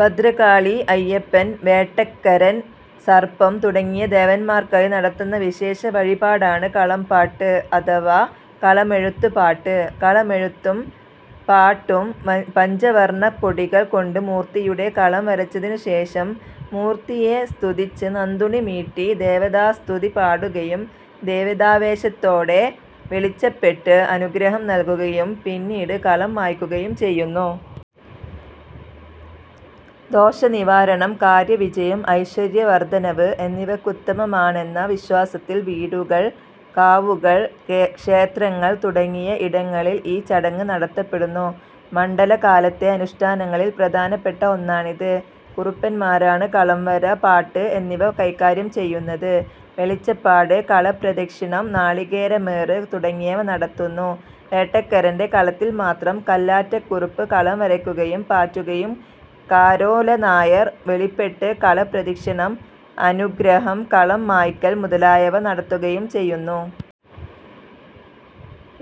ഭദ്രകാളി, അയ്യപ്പൻ, വേട്ടക്കരൻ, സർപ്പം തുടങ്ങിയ ദേവന്മാർക്കായി നടത്തുന്ന വിശേഷ വഴിപാടാണ് കളംപാട്ട് അഥവാ കളമെഴുത്തുപാട്ട്. കളമെഴുത്തും പാട്ടുംപഞ്ചവർണപ്പൊടികൾ കൊണ്ട് മൂർത്തിയുടെ കളം വരച്ചതിനു ശേഷം മൂർത്തിയെ സ്തുതിച്ച് നന്തുണി മീട്ടി ദേവതാസ്തുതി പാടുകയും ദേവതാവേശത്തോടെ വെളിച്ചപ്പെട്ട് അനുഗ്രഹം നൽകുകയും പിന്നീട് കളം മായ്ക്കുകയും ചെയ്യുന്നു. ദോഷനിവാരണം, കാര്യവിജയം, ഐശ്വര്യവർദ്ധനവ് എന്നിവക്കുത്തമമാണെന്ന വിശ്വാസത്തിൽ വീടൂകൾ, കാവുകൾ, ക്ഷേത്രങ്ങൾ തുടങ്ങിയ ഇടങ്ങളിൽ ഈ ചടങ്ങ് നടത്തപ്പെടുന്നു. മണ്ഡലകാലത്തെ അനുഷ്ഠാനങ്ങളിൽ പ്രധാനപ്പെട്ട ഒന്നാണിത്. കുറുപ്പന്മാരാണ് കളം വര, പാട്ട് എന്നിവ കൈകാര്യം ചെയ്യുന്നത്. വെളിച്ചപ്പാട് കളപ്രദക്ഷിണം നാളീകേരമേറ് തുടങ്ങിയവ നടത്തുന്നു. വേട്ടക്കരന്റെ കളത്തിൽ മാത്രം കല്ലാറ്റക്കുറുപ്പ് കളം വരക്കുകയും പാറ്റുകയും കാരോലനായർ വെളിപ്പെട്ട് കളപ്രദക്ഷിണം, അനുഗ്രഹം കളം മായ്ക്കൽ മുതലായവ നടത്തുകയും ചെയ്യുന്നു.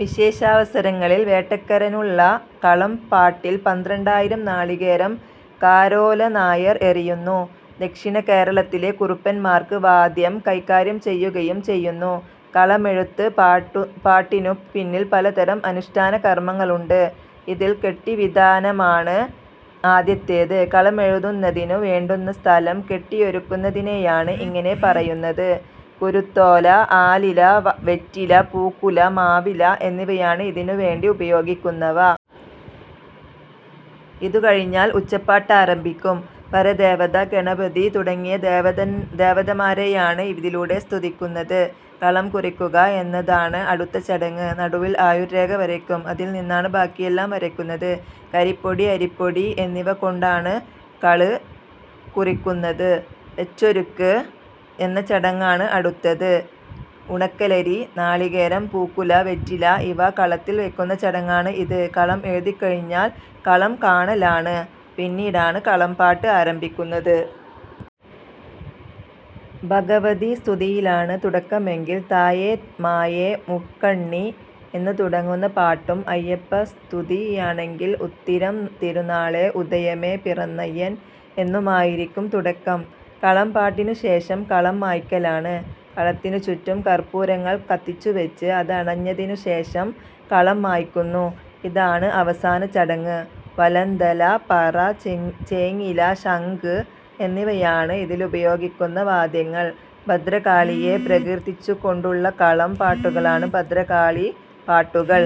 വിശേഷാവസരങ്ങളിൽ വേട്ടക്കരനുള്ള കളം പാട്ടിൽ പന്ത്രണ്ടായിരം നാളികേരം കാരോലനായർ എറിയുന്നു. ദക്ഷിണകേരളത്തിലെ കുറുപ്പന്മാർക്ക് വാദ്യം കൈകാര്യം ചെയ്യുകയും ചെയ്യുന്നു. കളമെഴുത്ത് പാട്ടിനു പിന്നിൽ പലതരം അനുഷ്ടാനകർമ്മങ്ങളുണ്ട്. ഇതിൽ കെട്ടിവിതാനമാണ് ആദ്യത്തേത്. കളമെഴുതുന്നതിനു വേണ്ടുന്ന സ്ഥലം കെട്ടിയൊരുക്കുന്നതിനെയാണ് ഇങ്ങനെ പറയുന്നത്. കുരുത്തോല, ആലില, വെറ്റില, പൂക്കുല, മാവില എന്നിവയാണ് ഇതിനുവേണ്ടി ഉപയോഗിക്കുന്നവ. ഇതുകഴിഞ്ഞാൽ ഉച്ചപ്പാട്ടാരംഭിക്കും. പരദേവത, ഗണപതി, തുടങ്ങിയ ദേവതമാരെയാണ് ഇതിലൂടെ സ്തുതിക്കുന്നത്. കളംകുറിക്കുക എന്നതാണ് അടുത്ത ചടങ്ങ്. നടുവിൽ ആയുർ രേഖ വരയ്ക്കും അതിൽനിന്നാണ് ബാക്കിയെല്ലാം വരയ്ക്കുന്നത്. കരിപ്പൊടി, അരിപ്പൊടി, എന്നിവ കൊണ്ടാണ്കള് കുറിക്കുന്നത്. വെച്ചൊരുക്ക് എന്നചടങ്ങാണ് അടുത്തത്. ഉണക്കലരി, നാളീകേരം, പൂക്കുല, വെറ്റില ഇവ കളത്തിൽ വയ്ക്കുന്നചടങ്ങാണ് ഇത്. കളം എഴുതിക്കഴിഞ്ഞാൽ കളംകാണലാണ്. പിന്നീടാണ് കളംപാട്ട് ആരംഭിക്കുന്നത്. ഭഗവതി സ്തുതിയിലാണ് തുടക്കമെങ്കിൽ "തായേ മായേ മുക്കണ്ണി "എന്നുതുടങ്ങുന്നപാട്ടും അയ്യപ്പസ്തുതിയാണെങ്കിൽ "ഉത്തിരം തിരുനാളേ ഉദയമേ പിറന്നയ്യൻ"എന്നുമായിരിക്കം തുടക്കം. കളം പാട്ടിനുശേഷം കളം മായ്ക്കലാണ്. കളത്തിനുചുറ്റും കർപ്പൂരങ്ങൾ കത്തിച്ചുവച്ച് അതണഞ്ഞതിനുശേഷം കളം മായ്ക്കുന്നു. ഇതാണ് അവസാനചടങ്ങ്. വലന്തല, പറ, ചേങ്ങില, ശംഖ്, എന്നിവയാണ് ഇതിലുപയോഗിക്കുന്ന വാദ്യങ്ങൾ. ഭദ്രകാളിയെ പ്രകീർത്തിച്ചുകൊണ്ടുള്ള കളം പാട്ടുകളാണ് ഭദ്രകാളിപാട്ടുകൾ.